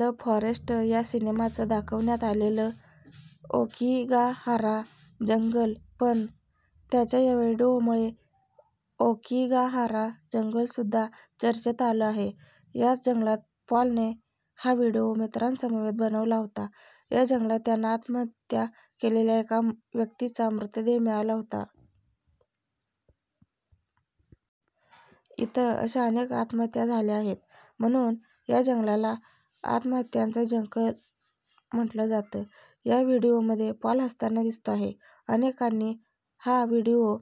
The forest या सिनेमाच दाखवण्यात आलेलं ओकिगाहारा जंगल पण त्याच्या या व्हीडिओमुळे ओकिगाहारा जंगलसुद्धा चर्चेत आलं आहे. याच जंगलात पॉलने हा व्हीडिओ मित्रांसमवेत बनवला होता. या जंगलात त्यांना आत्महत्या केलेल्या एका व्यक्तीचा मृतदेह मिळाला होता. इथं अशा अनेक आत्महत्या झाल्या आहेत, म्हणून या जंगलाला आत्महत्यांचं जंगल म्हटलं जातं. या व्हीडिओमध्ये पॉल हसताना दिसतो आहे. अनेकांनी हा व्हीडिओ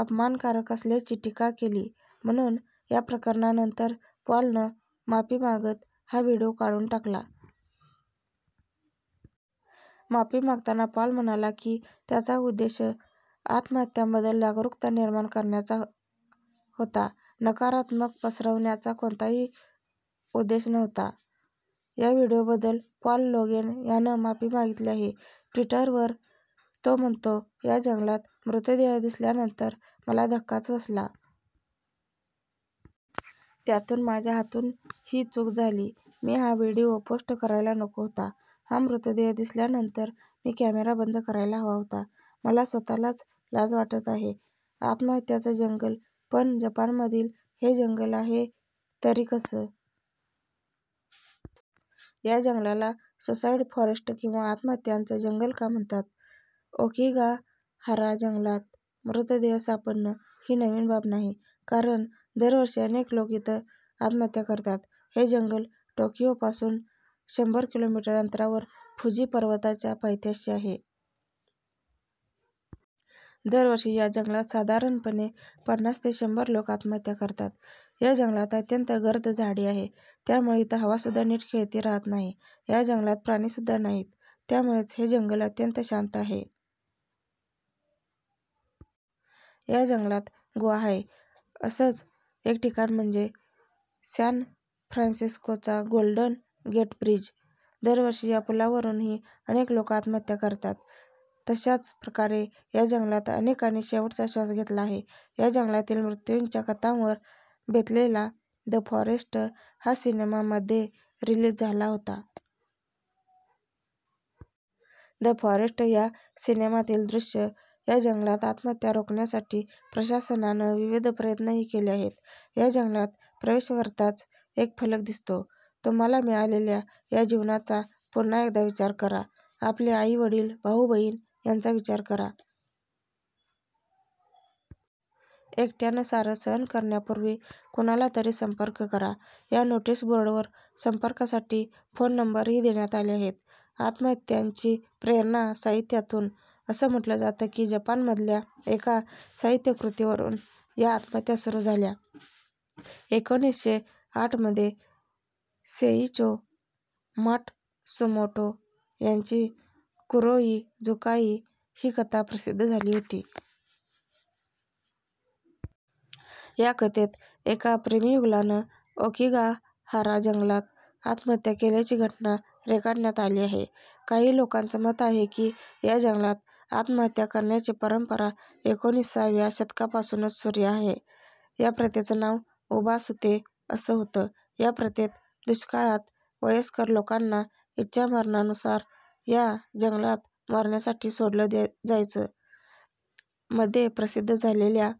अपमानकारक असल्याची टीका केली. म्हणून या प्रकारानंतर पॉलनं माफी मागत हा व्हीडिओ काढून टाकला. माफी मागताना पॉल म्हणाला की त्याचा उद्देश आत्महत्यांबद्दल जागरूकता निर्माण करण्याचा होता, नकारात्मकता पसरवण्याचा कोणताही उद्देश नव्हता. या व्हीडिओबद्दल पॉल लोगेन यानं माफी मागितली आहे. ट्विटरवर तो म्हणतो, या जंगलात मृतदेह दिसल्यानंतर मला धक्काच बसला. त्यातून माझ्या हातून ही चूक झाली. मी हा व्हीडिओ पोस्ट करायला नको होता. हा मृतदेह दिसल्यानंतर मी कॅमेरा बंद करायला हवा होता. मला स्वतःलाच लाज वाटत आहे. आत्महत्यांचं जंगल पण जपानमधील हे जंगल आहे तरी कसं? या जंगलाला सुसाईड फॉरेस्ट किंवा आत्महत्यांचं जंगल का म्हणतात? ओकिगाहारा जंगलात मृतदेह सापडणं ही नवीन बाब नाही. कारण दरवर्षी अनेक लोक इथं आत्महत्या करतात. हे जंगल टोकिओपासून शंभर किलोमीटर अंतरावर फुजी पर्वताच्या पायथ्याशी आहे. दरवर्षी या जंगलात साधारणपणे पन्नास ते शंभर लोक आत्महत्या करतात. या जंगलात अत्यंत गर्द झाडी आहे. त्यामुळं इथं हवासुद्धा नीट खेळती राहत नाही. या जंगलात प्राणीसुद्धा नाहीत. त्यामुळेच हे जंगल अत्यंत शांत आहे. या जंगलात गुहा आहेत. असंच एक ठिकाण म्हणजे सॅनफ्रान्सिस्कोचा गोल्डन गेट ब्रिज. दरवर्षी या पुलावरूनही अनेक लोक आत्महत्या करतात. तशाच प्रकारे या जंगलात अनेकांनी शेवटचा श्वास घेतला आहे. या जंगलातील मृत्यूंच्या कथांवर बेतलेला द फॉरेस्ट हा सिनेमा मध्ये रिलीज झाला होता. द फॉरेस्ट या सिनेमातील दृश्य या जंगलात आत्महत्या रोखण्यासाठी प्रशासनानं विविध प्रयत्नही केले आहेत. या जंगलात प्रवेश करताच एक फलक दिसतो तुम्हाला मिळालेल्या या जीवनाचा पुन्हा एकदा विचार करा. आपले आई वडील, भाऊ बहीण यांचा विचार करा. एकट्यानं सारं सहन करण्यापूर्वी कुणाला तरी संपर्क करा. या नोटीस बोर्डवर संपर्कासाठी फोन नंबरही देण्यात आले आहेत. आत्महत्यांची प्रेरणा साहित्यातून? असं म्हटलं जातं की जपानमधल्या एका साहित्यकृतीवरून या आत्महत्या सुरू झाल्या. एकोणीसशे साठमध्ये सेइचो माट्सुमोटो यांची कुरोई जुकाई ही कथा प्रसिद्ध झाली होती. या कथेत एका प्रेमीयुगुलानं ओकिगाहारा जंगलात आत्महत्या केल्याची घटना रेखाटण्यात आली आहे. काही लोकांचं मत आहे की, या जंगलात आत्महत्या करण्याची परंपरा एकोणीसव्या शतकापासूनच सुरू आहे. या प्रथेचं नाव उबासुते असं होतं. या प्रथेत दुष्काळात वयस्कर लोकांना इच्छा मरणानुसार या जंगलात मरण्यासाठी सोडलं जायचे. मध्ये प्रसिद्ध झालेल्या